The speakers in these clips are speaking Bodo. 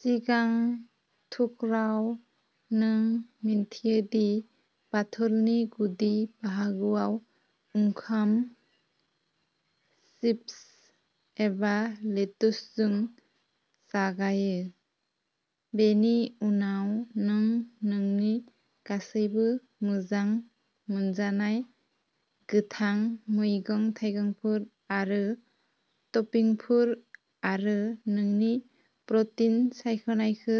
सिगां थुख्राव, नों मिन्थियो दि बाथुलनि गुदि बाहागोआ ओंखाम, चिप्स एबा लेतुसजों जागायो। बेनि उनाव नों नोंनि गासैबो मोजां मोनजानाय गोथां मैगं-थाइगंफोर आरो टपिंफोर आरो नोंनि प्रटिन सायख'नायखौ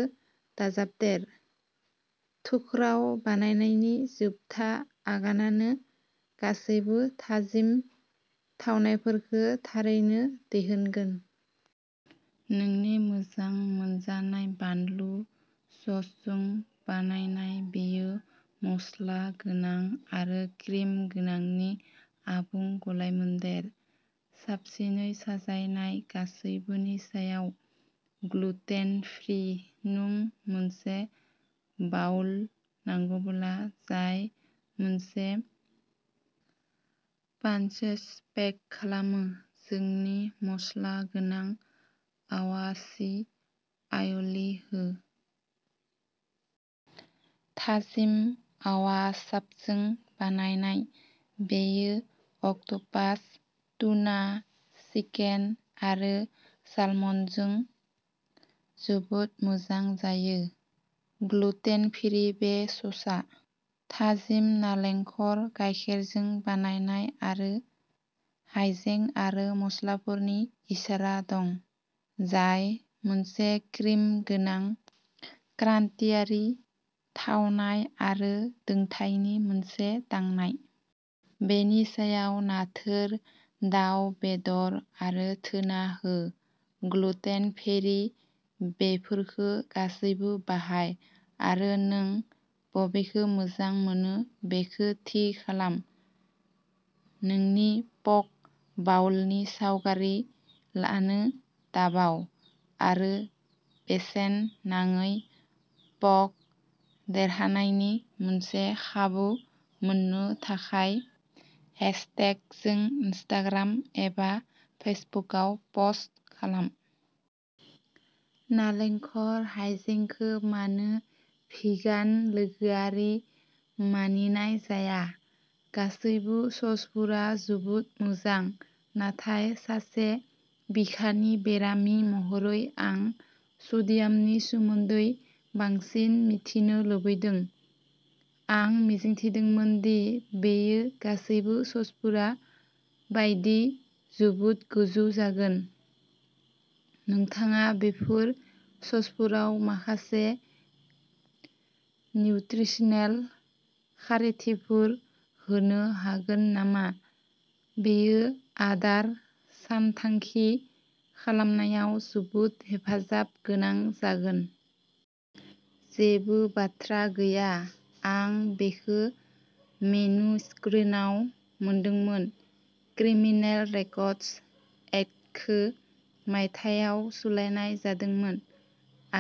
दाजाबदेर। थुख्राव बानायनायनि जोबथा आगानानो गासैबो थाजिम थावनायफोरखौ थारैनो दिहुनगोन। नोंनि मोजां मोनजानाय बानलु ससजों बानायनाय बेयो मस्ला गोनां आरो क्रिम गोनांनि आबुं गलायमोन्देर। साबसिनै साजायनाय, गासैबोनि सायाव। ग्लुटेन फ्रि नों मोनसे बाउल नांगौब्ला जाय मोनसे पाञ्च पेक खालामो, जोंनि मस्ला गोनां वासाबि आय'लि हो। थाजिम वासाबजों बानायनाय, बेयो अक्ट'पास, टुना, चिकेन आरो सालमनजों जोबोद मोजां जायो। ग्लुटेन फ्रि बे ससआ थाजिम नालेंखर गायखेरजों बानायनाय आरो हाइजें आरो मस्लाफोरनि इसारा दं, जाय मोनसे क्रिम गोनां क्रान्तियारि थावनाय आरो दुंथायनि मोनसे दांनाय। बेनि सायाव नाथुर, दाव बेदर आरो टुना हो ग्लुटेन फ्रि बेफोरखौ गासैबो बाहाय आरो नों बबेखौ मोजां मोनो बेखौ थि खालाम। नोंनि पक बाउलनि सावगारि लानो दाबाव। आरो बेसेन नाङै प'क देरहानायनि मोनसे खाबु मोननो थाखाय हेशटेग जों इनस्टाग्राम एबा फेसबुकआव पस्ट खालाम। नालेंखर हाइजेंखौ मानो भिगान लोगोआरि मानिनाय जाया गासैबो ससफोरा जोबोद मोजां नाथाय सासे बिखानि बेरामि महरै आं सडियामनि सोमोन्दै बांसिन मिथिनो लुबैदों। आं मिजिंथिदोंमोन दि बेयो गासैबो ससफोर बायदि जोबोद गोजौ जागोन। नोंथाङा बेफोर ससफोराव माखासे निउत्रिसनेल खारिथिफोर होनो हागोन नामा, बेयो आदार सानथांखि खालामनायाव जोबोद हेफाजाब गोनां जागोन। जेबो बाथ्रा गैया। आं बेखौ मेनु स्क्रिनआव मोनदोंमोन। क्रिमिनेल रेकर्डस एक्टखौ मायथाइयाव सोलायनाय जादोंमोन,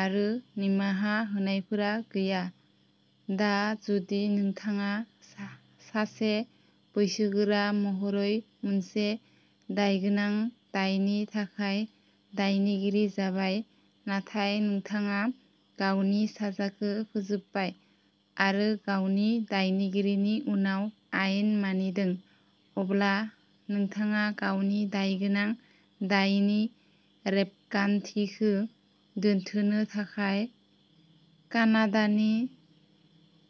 आरो निमाहा होनायफोरा गैया। दा, जुदि नोंथाङा सासे बैसोगोरा महरै मोनसे दायगोनां दायनि थाखाय दायनिगिरि जाबाय, नाथाय नोंथाङा गावनि साजाखौ फोजोबबाय आरो गावनि दायनिगिरिनि उनाव आयेन मानिदों, अब्ला नोंथाङा गावनि दायगोनां दायनि रेबगान्थिखौ दोनथ'नो थाखाय कानाडानि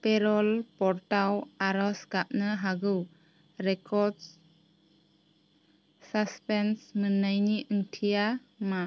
पेर'ल बर्डआव आर'ज गाबनो हागौ। रेकर्ड सासपेनसन मोननायनि ओंथिया मा?